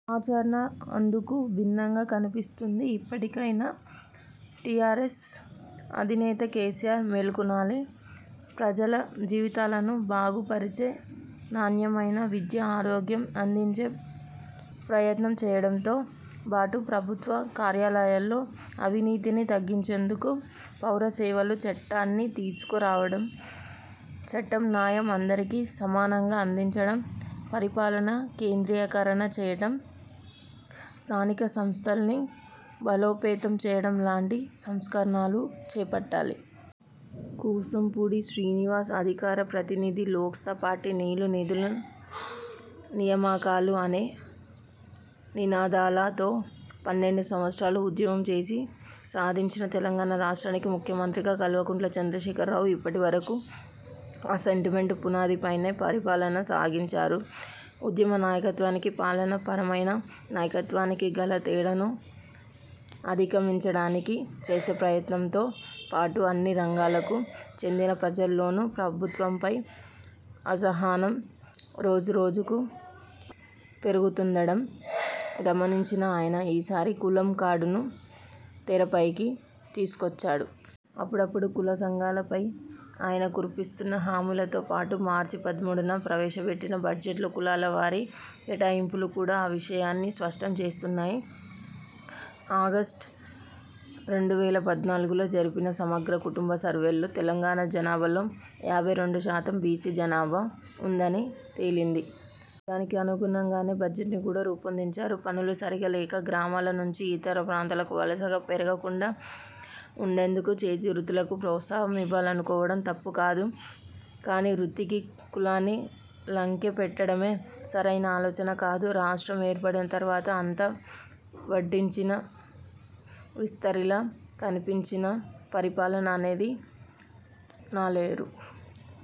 ఆచరణ అందుకు భిన్నంగా కనిపిస్తుంది. ఇప్పటి కైనా టీఆర్ఎస్ అధినేత కేసీఆర్ మేల్కొనాలే. ప్రజల జీవితాలను బాగు పరిచే నాణ్యమైన విద్య, ఆరోగ్యం అందించే ప్రయత్నం చేయడంతో బాటు ప్రభుత్వ కార్యాలయాల్లో అవినీతిని తగ్గించేందుకు పౌర సేవలు చట్టాన్ని తీసుకు రావడం, చట్టం న్యాయం అందరికీ సమానంగా అందించడం, పరిపాలన కేంద్రీకరణ చేయడం, స్థానిక సంస్థల్ని బలోపేతం చేయడం లాంటి సంస్కరణాలు చేపట్టాలి. కూసం పూడి శ్రీనివాస్ అధికార ప్రతినిధి, లోక్స పార్టీ నీళ్లు, నిధుల, నియమకాలు అనే నినాదాలతో పన్నెండు సంవత్సరాలు ఉద్యమం చేసి సాధించిన తెలంగాణ రాష్ట్రానికి ముఖ్యమంత్రిగా కల్వకుంట్ల చంద్రశేఖర్ రావ్ ఇప్పటి వరకూ ఆ సెంటిమెంట్ పునాది పైనే పరిపాలన సాగించారు. ఉద్యమ నాయకత్వానికీ పాలన పరమైన నాయకత్వానికీ గల తేడను అధిగమించడానికి చేసే ప్రయత్నంతో పాటు, అన్ని రంగాలకు చెందిన ప్రజల్లోనూ ప్రభుత్వంపై అసహనం రోజు రోజుకూ పెరుగుతుండడం గమనించిన ఆయన ఈసారి కులం కార్డును తెరపైకి తీసుకొచ్చాడు. అప్పుడప్పుడూ కుల సంఘాల పై ఆయన కురిపిస్తున్న హామీలతో పాటు మార్చి పదమూడున ప్రవేశపెట్టిన బడ్జెట్లో కులాల వారీ కేటాయింపులు కూడా ఆ విషయాన్ని స్పష్టం చేస్తున్నాయి. ఆగస్టు రెండు వేల పద్నాలుగులో జరిపిన సమగ్ర కుటుంబ సర్వేలో తెలంగాణ జనాభాలో యాభై రెండు శాతం బీసీ జనాభా ఉందని తేలింది. దానికి అనుగుణంగానే బడ్జెట్ని కూడా రూపొందించారు. పనులు సరిగ్గా లేక గ్రామాల నుంచి ఇతర ప్రాంతాలకు వలసలు పెరగ కుండా ఉండేందుకు చేతి వృత్తులకు ప్రోత్సాహం ఇవ్వాలనుకోవడం తప్పుకాదు. కానీ వృత్తికి, కులాని లంకె పెట్టడమే సరైన ఆలోచన కాదు. రాష్ట్రం ఏర్పడిన తరువాత అంతా వడ్డించిన విస్తరిలా కనిపించినా పరిపాలన అనేది నాలేరు